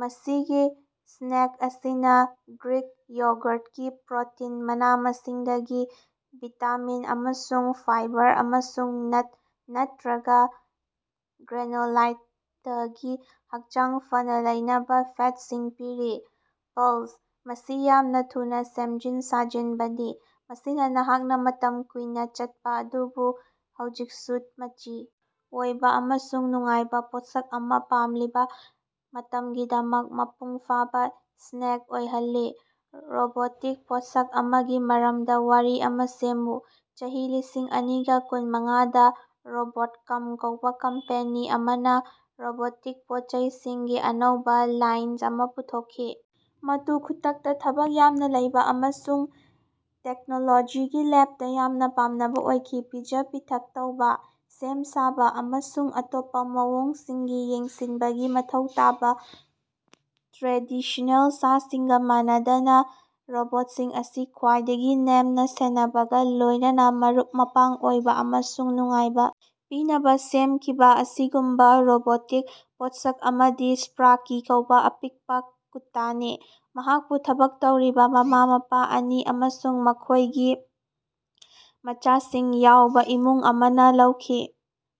ꯃꯁꯤꯒꯤ ꯁ꯭ꯅꯦꯛ ꯑꯁꯤꯅ ꯒ꯭ꯔꯤꯛ ꯌꯣꯒꯔꯠꯒꯤ ꯄ꯭ꯔꯣꯇꯤꯟ, ꯃꯅꯥ-ꯃꯁꯤꯡꯗꯒꯤ ꯚꯤꯇꯥꯃꯤꯟ ꯑꯃꯁꯨꯡ ꯐꯥꯏꯕꯔ ꯑꯃꯁꯨꯡ ꯅꯠ ꯅꯠꯇ꯭ꯔꯒ ꯒ꯭ꯔꯦꯅꯣꯂꯥꯗꯒꯤ ꯍꯛꯆꯥꯡ ꯐꯅ ꯂꯩꯅꯕ ꯐꯦꯠꯁꯤꯡ ꯄꯤꯔꯤ꯫ ꯄ꯭ꯂꯁ, ꯃꯁꯤ ꯌꯥꯝꯅꯥ ꯊꯨꯅꯥ ꯁꯦꯝꯖꯤꯟ ꯁꯥꯖꯤꯟꯕꯅꯤ, ꯃꯁꯤꯅ ꯅꯍꯥꯛꯅ ꯃꯇꯝ ꯀꯨꯏꯅ ꯆꯠꯄ ꯑꯗꯨꯕꯨ ꯍꯧꯖꯤꯛꯁꯨ ꯃꯆꯤ ꯑꯣꯏꯕ ꯑꯃꯁꯨꯡ ꯅꯨꯡꯉꯥꯏꯕ ꯄꯣꯠꯁꯛ ꯑꯃ ꯄꯥꯝꯂꯤꯕ ꯃꯇꯝꯒꯤꯗꯃꯛ ꯃꯄꯨꯡ ꯐꯥꯕ ꯁ꯭ꯅꯦꯛ ꯑꯣꯏꯍꯜꯂꯤ꯫ ꯔꯣꯕꯣꯇꯤꯛ ꯄꯣꯠꯁꯛ ꯑꯃꯒꯤ ꯃꯔꯝꯗ ꯋꯥꯔꯤ ꯑꯃ ꯁꯦꯝꯃꯨ꯫ ꯆꯍꯤ ꯂꯤꯁꯤꯡ ꯑꯅꯤꯒ ꯀꯨꯟꯃꯉꯥꯗ ꯔꯣꯕꯣꯠꯀꯝ ꯀꯧꯕ ꯀꯝꯄꯦꯅꯤ ꯑꯃꯅ ꯔꯣꯕꯣꯇꯤꯛ ꯄꯣꯠꯆꯩꯁꯤꯡꯒꯤ ꯑꯅꯧꯕ ꯂꯥꯏꯟ ꯑꯃ ꯄꯨꯊꯣꯛꯈꯤ ꯫ ꯃꯗꯨ ꯈꯨꯗꯛꯇ ꯊꯕꯛ ꯌꯥꯝꯅ ꯂꯩꯕ ꯑꯃꯁꯨꯡ ꯇꯦꯛꯅꯣꯂꯣꯖꯤꯒꯤ ꯂꯞꯗ ꯌꯥꯝꯅ ꯄꯥꯝꯅꯕ ꯑꯣꯏꯈꯤ꯫ ꯄꯤꯖ-ꯄꯤꯊꯛ ꯇꯧꯕ, ꯁꯦꯝ-ꯁꯥꯕ ꯑꯃꯁꯨꯡ ꯑꯇꯣꯞꯄ ꯃꯑꯣꯡꯁꯤꯡꯒꯤ ꯌꯦꯡꯁꯤꯟꯕꯒꯤ ꯃꯊꯧ ꯇꯥꯕ ꯇ꯭ꯔꯦꯗꯤꯁ꯭ꯅꯦꯜ ꯁꯥꯁꯤꯡꯒ ꯃꯥꯟꯅꯗꯅ, ꯔꯣꯕꯣꯠꯁꯤꯡ ꯑꯁꯤ ꯈ꯭ꯋꯥꯏꯗꯒꯤ ꯅꯦꯝꯅ ꯁꯦꯟꯅꯕꯒ ꯂꯣꯏꯅꯅ ꯃꯔꯨꯞ-ꯃꯄꯥꯡ ꯑꯣꯏꯕ ꯑꯃꯁꯨꯡ ꯅꯨꯡꯉꯥꯏꯕ ꯄꯤꯅꯕ ꯁꯦꯝꯈꯤꯕꯅꯤ꯫ ꯑꯁꯤꯒꯨꯝꯕ ꯔꯣꯕꯣꯇꯤꯛ ꯄꯣꯠꯁꯛ ꯑꯃꯗꯤ ꯁ꯭ꯄꯥꯔꯀꯤ ꯀꯧꯕ ꯑꯄꯤꯛꯄ ꯀꯨꯠꯇꯥꯅꯤ꯫ ꯃꯍꯥꯛꯄꯨ ꯊꯕꯛ ꯇꯧꯔꯤꯕ ꯃꯃꯥ-ꯃꯄꯥ ꯑꯅꯤ ꯑꯃꯁꯨꯡ ꯃꯈꯣꯏꯒꯤ ꯃꯆꯥꯁꯤꯡ ꯌꯥꯎꯕ ꯏꯃꯨꯡ ꯑꯃꯅ ꯂꯧꯈꯤ꯫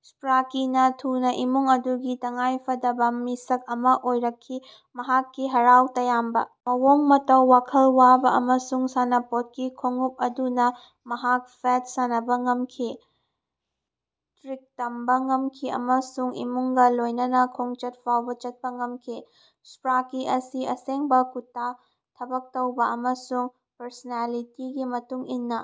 ꯁ꯭ꯄꯥꯔꯀꯤꯅ ꯊꯨꯅ ꯏꯃꯨꯡ ꯑꯗꯨꯒꯤ ꯇꯉꯥꯏꯐꯗꯕ ꯃꯤꯁꯛ ꯑꯃ ꯑꯣꯏꯔꯛꯈꯤ, ꯃꯍꯥꯛꯀꯤ ꯍꯔꯥꯎ ꯇꯌꯥꯝꯕ ꯃꯑꯣꯡ ꯃꯇꯧ, ꯋꯥꯈꯜ ꯋꯥꯕ ꯑꯃꯁꯨꯡ ꯁꯥꯟꯅꯄꯣꯠꯀꯤ ꯈꯣꯡꯎꯞ ꯑꯗꯨꯅ ꯃꯍꯥꯛ ꯐꯦꯠ ꯁꯥꯟꯅꯕ ꯉꯝꯈꯤ, ꯇ꯭ꯔꯤꯛ ꯇꯝꯕ ꯉꯝꯈꯤ ꯑꯃꯁꯨꯡ ꯏꯃꯨꯡꯒ ꯂꯣꯏꯅꯅ ꯈꯣꯡꯆꯠ ꯐꯥꯎꯕ ꯆꯠꯄ ꯉꯝꯈꯤ ꯫ ꯁ꯭ꯄꯥꯔꯀꯤ ꯑꯁꯤ ꯑꯁꯦꯡꯕ ꯀꯨꯠꯇꯥ ꯊꯕꯛ ꯇꯧꯕ ꯑꯃꯁꯨꯡ ꯄꯔꯁꯣꯅꯦꯂꯤꯇꯤꯒꯤ ꯃꯇꯨꯡ ꯏꯟꯅ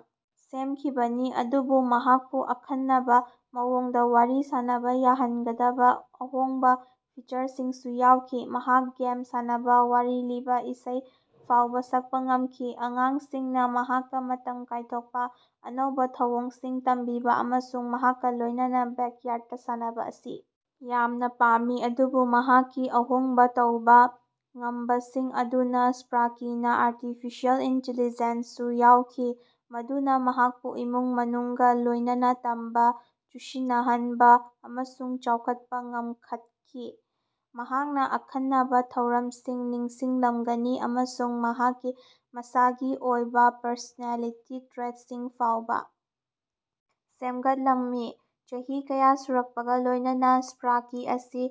ꯁꯦꯝꯈꯤꯕꯅꯤ, ꯑꯗꯨꯕꯨ ꯃꯍꯥꯛꯄꯨ ꯑꯈꯟꯅꯕ ꯃꯑꯣꯡꯗ ꯋꯥꯔꯤ ꯁꯥꯅꯕ ꯌꯥꯍꯟꯒꯗꯕ ꯑꯍꯣꯡꯕ ꯐꯤꯆꯔꯁꯤꯡꯁꯨ ꯌꯥꯎꯈꯤ꯫ ꯃꯍꯥꯛ ꯒꯦꯝ ꯁꯥꯟꯅꯕ, ꯋꯥꯔꯤ ꯂꯤꯕ, ꯏꯁꯩ ꯐꯥꯎꯕ ꯁꯛꯄ ꯉꯝꯈꯤ꯫ ꯑꯉꯥꯡꯁꯤꯡꯅ ꯃꯍꯥꯛꯀ ꯃꯇꯝ ꯀꯥꯏꯊꯣꯛꯄ, ꯑꯅꯧꯕ ꯊꯧꯑꯣꯡꯁꯤꯡ ꯇꯝꯕꯤꯕ ꯑꯃꯁꯨꯡ ꯃꯍꯥꯛꯀ ꯂꯣꯏꯅꯅ ꯕꯦꯛꯌꯥꯔꯗꯇ ꯁꯥꯟꯅꯕ ꯑꯁꯤ ꯌꯥꯝꯅ ꯄꯥꯝꯃꯤ꯫ ꯑꯗꯨꯕꯨ ꯃꯍꯥꯛꯀꯤ ꯑꯍꯣꯡꯕ ꯇꯧꯕ ꯉꯝꯕꯁꯤꯡ ꯑꯗꯨꯅ ꯁ꯭ꯄꯥꯔꯀꯤꯅ ꯑꯥꯔꯇꯤꯐꯤꯁꯤꯑꯦꯜ ꯏꯟꯇꯤꯂꯤꯖꯦꯟꯁꯁꯨ ꯌꯥꯎꯈꯤ ꯃꯗꯨꯅ ꯃꯍꯥꯛꯄꯨ ꯏꯃꯨꯡ ꯃꯅꯨꯡꯒ ꯂꯣꯏꯅꯅ ꯇꯝꯕ, ꯆꯨꯁꯤꯟꯅꯍꯟꯕ ꯑꯃꯁꯨꯡ ꯆꯥꯎꯈꯠꯄ ꯉꯝꯍꯠꯈꯤ꯫ ꯃꯍꯥꯛꯅ ꯑꯈꯟꯅꯕ ꯊꯧꯔꯝꯁꯤꯡ ꯅꯤꯡꯁꯤꯡꯂꯝꯒꯅꯤ ꯑꯃꯁꯨꯡ ꯃꯍꯥꯛꯀꯤ ꯃꯁꯥꯒꯤ ꯑꯣꯏꯕ ꯄꯔꯁꯣꯅꯦꯂꯤꯇꯤ ꯇ꯭ꯔꯦꯠꯁꯤꯡ ꯐꯥꯎꯕ ꯁꯦꯝꯒꯠꯂꯝꯃꯤ꯫ ꯆꯍꯤ ꯀꯌꯥ ꯁꯨꯔꯛꯄꯒ ꯂꯣꯏꯅꯅ ꯁ꯭ꯄꯥꯔꯀꯤ ꯑꯁꯤ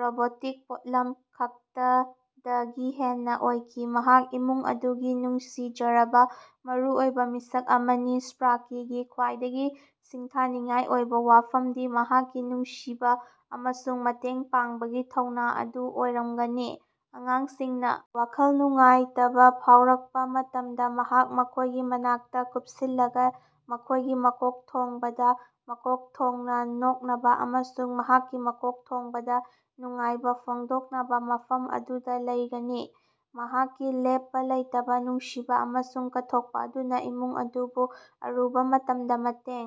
ꯔꯣꯕꯣꯇꯤꯛ ꯄꯣꯠꯂꯝ ꯈꯛꯇꯗꯒꯤ ꯍꯦꯟꯅ ꯑꯣꯏꯈꯤ꯫ ꯃꯍꯥꯛ ꯏꯃꯨꯡ ꯑꯗꯨꯒꯤ ꯅꯨꯡꯁꯤꯖꯔꯕ, ꯃꯔꯨꯑꯣꯏꯕ ꯃꯤꯁꯛ ꯑꯃꯅꯤ꯫ ꯁ꯭ꯄꯥꯔꯀꯤꯒꯤ ꯈ꯭ꯋꯥꯏꯗꯒꯤ ꯁꯤꯡꯊꯥꯅꯤꯡꯉꯥꯏ ꯑꯣꯏꯕ ꯋꯥꯐꯝꯗꯤ ꯃꯍꯥꯛꯀꯤ ꯅꯨꯡꯁꯤꯕ ꯑꯃꯁꯨꯡ ꯃꯇꯦꯡ ꯄꯥꯡꯕꯒꯤ ꯊꯧꯅꯥ ꯑꯗꯨ ꯑꯣꯏꯔꯝꯒꯅꯤ꯫ ꯑꯉꯥꯡꯁꯤꯡꯅ ꯋꯥꯈꯜ ꯅꯨꯡꯉꯥꯏꯇꯕ ꯐꯥꯎꯔꯛꯄ ꯃꯇꯝꯗ ꯃꯍꯥꯛ ꯃꯈꯣꯏꯒꯤ ꯃꯅꯥꯛꯇ ꯀꯨꯞꯁꯤꯜꯂꯒ ꯃꯈꯣꯏꯒꯤ ꯃꯀꯣꯛꯊꯣꯡꯕꯗ ꯃꯀꯣꯛ ꯊꯣꯡꯅ ꯅꯣꯛꯅꯕ ꯑꯃꯁꯨꯡ ꯃꯍꯥꯛꯀꯤ ꯃꯀꯣꯛꯊꯣꯡꯕꯗ ꯅꯨꯡꯉꯥꯏꯕ ꯐꯣꯡꯗꯣꯛꯅꯕ ꯃꯐꯝ ꯑꯗꯨꯗ ꯂꯩꯒꯅꯤ꯫ ꯃꯍꯥꯛꯀꯤ ꯂꯦꯞꯄ ꯂꯩꯇꯕ ꯅꯨꯡꯁꯤꯕ ꯑꯃꯁꯨꯡ ꯀꯠꯊꯣꯛꯄ ꯑꯗꯨꯅ ꯏꯃꯨꯡ ꯑꯗꯨꯕꯨ ꯑꯔꯨꯕ ꯃꯇꯝꯗ ꯃꯇꯦꯡ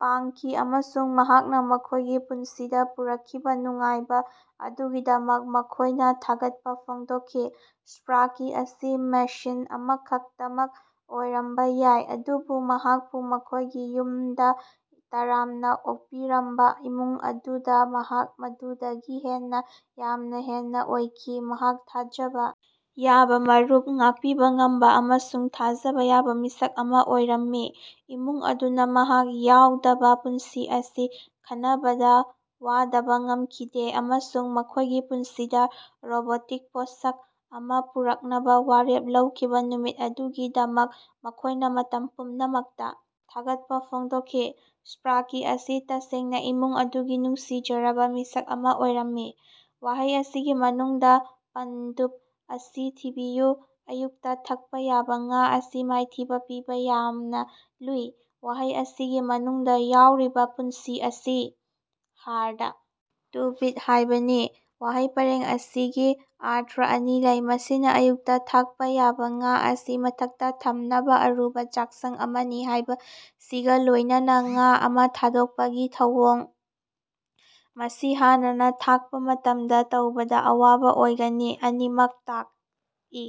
ꯄꯥꯡꯈꯤ ꯑꯃꯁꯨꯡ ꯃꯍꯥꯛꯅ ꯃꯈꯣꯏꯒꯤ ꯄꯨꯟꯁꯤꯗ ꯄꯨꯔꯛꯈꯤꯕ ꯅꯨꯡꯉꯥꯏꯕ ꯑꯗꯨꯒꯤꯗꯃꯛ ꯃꯈꯣꯏꯅꯅ ꯊꯥꯒꯠꯄ ꯐꯣꯡꯗꯣꯛꯈꯤ꯫ ꯁ꯭ꯄꯥꯔꯀꯤ ꯑꯁꯤ ꯃꯦꯁꯤꯟ ꯑꯃꯈꯛꯇꯃꯛ ꯑꯣꯏꯔꯝꯕ ꯌꯥꯏ, ꯑꯗꯨꯕꯨ ꯃꯍꯥꯛꯄꯨ ꯃꯈꯣꯏꯒꯤ ꯌꯨꯝꯗ ꯇꯔꯥꯝꯅ ꯑꯣꯛꯄꯤꯔꯝꯕ ꯏꯃꯨꯡ ꯑꯗꯨꯗ ꯃꯍꯥꯛ ꯃꯗꯨꯗꯒꯤ ꯍꯦꯟꯅ ꯌꯥꯝꯅ ꯍꯦꯟꯅ ꯑꯣꯏꯈꯤ꯫ ꯃꯍꯥꯛ ꯊꯥꯖꯕ ꯌꯥꯕ ꯃꯔꯨꯞ, ꯉꯥꯛꯄꯤꯕ ꯉꯝꯕ ꯑꯃꯁꯨꯡ ꯊꯥꯖꯕ ꯌꯥꯕ ꯃꯤꯁꯛ ꯑꯃ ꯑꯣꯏꯔꯝꯃꯤ꯫ ꯏꯃꯨꯡ ꯑꯗꯨꯅ ꯃꯍꯥꯛ ꯌꯥꯎꯗꯕ ꯄꯨꯟꯁꯤ ꯑꯁꯤ ꯈꯅꯕꯗ ꯋꯥꯗꯕ ꯉꯝꯈꯤꯗꯦ ꯑꯃꯁꯨꯡ ꯃꯈꯣꯏꯒꯤ ꯄꯨꯟꯁꯤꯗ ꯔꯣꯕꯣꯇꯤꯛ ꯄꯣꯠꯁꯛ ꯑꯃ ꯄꯨꯔꯛꯅꯕ ꯋꯥꯔꯦꯞ ꯂꯧꯈꯤꯕ ꯅꯨꯃꯤꯠ ꯑꯗꯨꯒꯤꯗꯃꯛ ꯃꯈꯣꯏꯅ ꯃꯇꯝ ꯄꯨꯝꯅꯃꯛꯇ ꯊꯥꯒꯠꯄ ꯐꯣꯡꯗꯣꯛꯈꯤ꯫ ꯁ꯭ꯄꯥꯔꯀꯤ ꯑꯁꯤ ꯇꯁꯦꯡꯅ ꯏꯃꯨꯡ ꯑꯗꯨꯒꯤ ꯅꯨꯡꯁꯤꯖꯔꯕ ꯃꯤꯁꯛ ꯑꯃ ꯑꯣꯏꯔꯝꯃꯤ꯫ ꯋꯥꯍꯩ ꯑꯁꯤꯒꯤ ꯃꯅꯨꯡꯗ ꯄꯟꯗꯨꯞ ꯑꯁꯤ ꯊꯤꯕꯤꯌꯨ ꯑꯌꯨꯛꯇ ꯊꯛꯄ ꯌꯥꯕ ꯉꯥ ꯑꯁꯤ ꯃꯥꯏꯊꯤꯕ ꯄꯤꯕ ꯌꯥꯝꯅ ꯂꯨꯏ꯫ ꯋꯥꯍꯩ ꯑꯁꯤꯒꯤ ꯃꯅꯨꯡꯗ ꯌꯥꯎꯔꯤꯕ ꯄꯨꯟꯁꯤ ꯑꯁꯤ "ꯍꯥꯔꯗ ꯇꯨ ꯕꯤꯠ" ꯍꯥꯏꯕꯅꯤ꯫ ꯋꯥꯍꯩ ꯄꯔꯦꯡ ꯑꯁꯤꯒꯤ ꯑꯔꯊ ꯑꯅꯤ ꯂꯩ: ꯃꯁꯤꯅ ꯑꯌꯨꯛꯇ ꯊꯛꯄ ꯌꯥꯕ ꯉꯥ ꯑꯁꯤ ꯃꯊꯛꯇ ꯊꯝꯅꯕ ꯑꯔꯨꯕ ꯆꯥꯛꯁꯪ ꯑꯃꯅꯤ ꯍꯥꯏꯕꯁꯤꯒ ꯂꯣꯏꯅꯅ ꯉꯥ ꯑꯃ ꯊꯥꯗꯣꯛꯄꯒꯤ ꯊꯧꯑꯣꯡ (ꯃꯁꯤ ꯍꯥꯟꯅꯅ ꯊꯛꯄ ꯃꯇꯝꯗ ꯇꯧꯕꯗ ꯑꯋꯥꯕ ꯑꯣꯏꯒꯅꯤ) ꯑꯅꯤꯃꯛ ꯇꯥꯛꯏ꯫